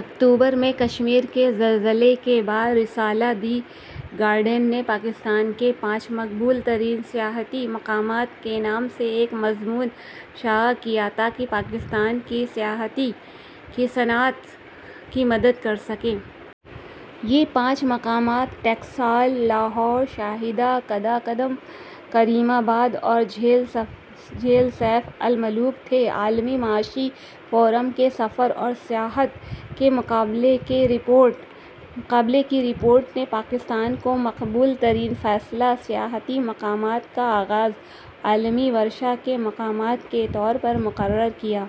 اکتوبر ءمیں کشمیر کے زلزلے کے بعد رسالہ دی گارڈین نے پاکستان کے پانچ مقبول ترین سیاحتی مقامات کے نام سے ایک مضمون شائع کیا تاکہ پاکستان کی سیاحتی کی صنعت کی مدد کر سکے۔ یہ پانچ مقامات ٹیکسلا ، لاہور ، شاہراہ قراقرم ، کریم آباد اور جھیل سیف الملوک تہے۔ عالمی معاشی فورم کے سفر اور سیاحت کے مقابلے کی رپورٹ نے پاکستان کو مقبول ترین فیصد سیاحتی مقامات کا اعزاز عالمی ورثہ کے مقامات کے طور پر مقرر کیا۔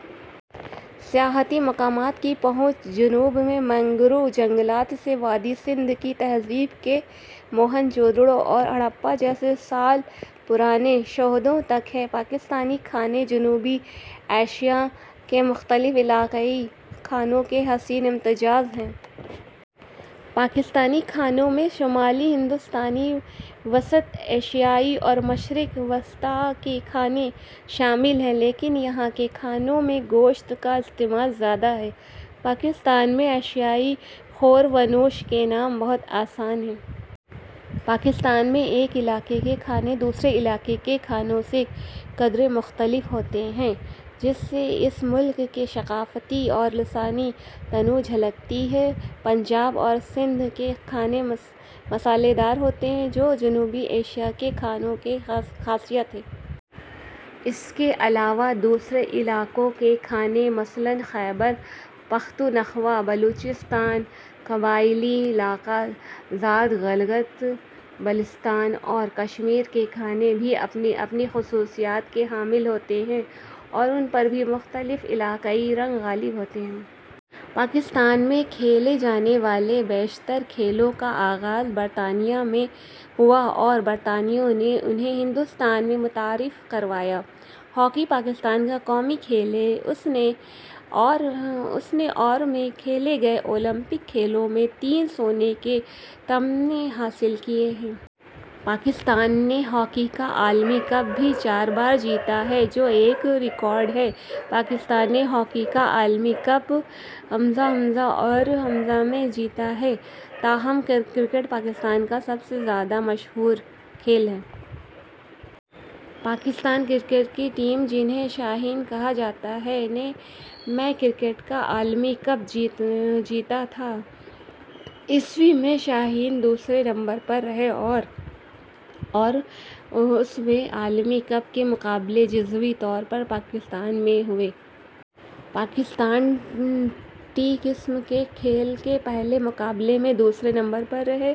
سیاحتی مقامات کی پہنچ جنوب میں مینگروو جنگلات سے وادئ سندھ کی تہذیب کے موہنجو داڑو اور ہڑپہ جیسے سال پرانے شہروں تک ہے۔ پاکستانی کھانے جنوبی ایشیا کے مختلف علاقائی کھانوں کا حسین امتزاج ہیں۔ پاکستانی کھانوں میں شمالی ھندوستانی، وسط ایشیائی اور مشرق وسطیٰ کے کھانے شامل ہیں لیکن یہاں کے کھانوں میں گوشت کا استعمال زیادہ ہے۔ پاکستان میں اشیائے خور و نوش کے نام بہت آسان ہیں۔ پاکستان میں ایک علاقے کے کھانے دوسرے علاقے کے کھانوں سے قدرے مختلف ہوتے ہیں جس سے اس ملک کی ثقافتی اور لسانی تنوع جھلکتی ہے۔ پنجاب اور سندھ کے کھانے مصالحے دار ہوتے ہیں جو جنوبی ایشیا کے کھانوں کی خاصیت ہے۔ اس کے علاوہ دوسرے علاقوں کے کھانے مثلاً خیبر پختونخوا، بلوچستان، قبائیلی علاقہ جات، گلگت بلتستان اور کشمیر کے کھانے بھی اپنی اپنی خصوصیات کے حامل ہوتے ہیں اور ان پر بھی مختلف علاقائی رنگ غالب ہوتے ہیں۔ پاکستان میں کھیلے جانے والے بیشتر کھیلوں کا آغاز برطانیہ میں ہوا اور برطانویوں نے انھیں ہندوستان میں متعارف کروایا۔ ہاکی پاکستان کا قومی کھیل ہے۔ اس نے ء، ء اور ء میں کھیلے گئے اولمپک کھیلوں میں تین سونے کے طمغے حاصل کیے ہیں۔ پاکستان نے ہاکی کا عالمی کپ بھی چار بار جیتا ہے جو ایک ریکارڈ ہے۔ پاکستان نے ہاکی کا عالمی کپ ء، ء، ء اور ء میں جیتا ہے۔ تاہم، کرکٹ پاکستان کا سب سے زیادہ مشہور کھیل ہے۔ پاکستان کرکٹ کے ٹیم، جنھیں شاہین کہا جاتا ہے، نے ء میں کرکٹ کا عالمی کپ جیتا تھا۔ ءمیں شاھین دوسرے نمبر پر رہے۔ اور ء اور ء میں عالمی کپ کے مقابلے جزوی طور پر پاکستان میں ہوئے۔ پاکستان ٹی قسم کے کھیل کے پہلے مقابلے میں دوسرے نمبر پر رہے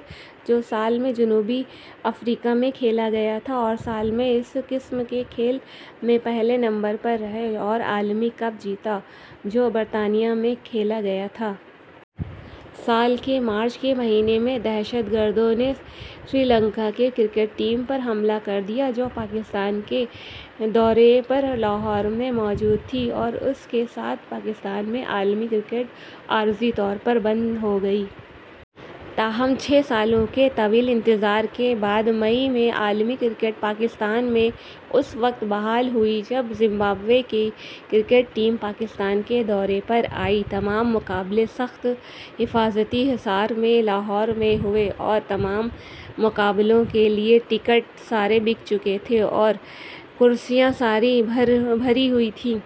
جو سال ء میں جنوبی افریقا میں کھیلا گیا تھا۔ اور سال ء میں اسی قسم کے کھیل میں پہلے نمبر پر رہے اور عالمی کپ جیتا جو برطانیہ میں کھیلا گیا تھا۔ سال ء کے مارچ کے مہینے میں دہشت گردوں نے سری لنکا کے کرکٹ ٹیم پر حملہ کر دیا جو پاکستان کے دورے پر لاہور میں موجود تھی اور اسی کے ساتھ پاکستان میں عالمی کرکٹ عارضی طور پر بند ہو گئی۔ تاہم چھ سالوں کے طویل انتظار کے بعد مئی ء میں عالمی کرکٹ پاکستان میں اس وقت بحال ہوئی جب زمبابوے کی کرکٹ ٹیم پاکستان کے دورے پر آئی۔ تمام مقابلے سخت حفاظتی حصار میں لاہور میں ہوئے اور تمام مقابلوں کے لیے ٹکٹ سارے بک چکے تھے اور کرسیاں ساری بھری ہوئی تھیں۔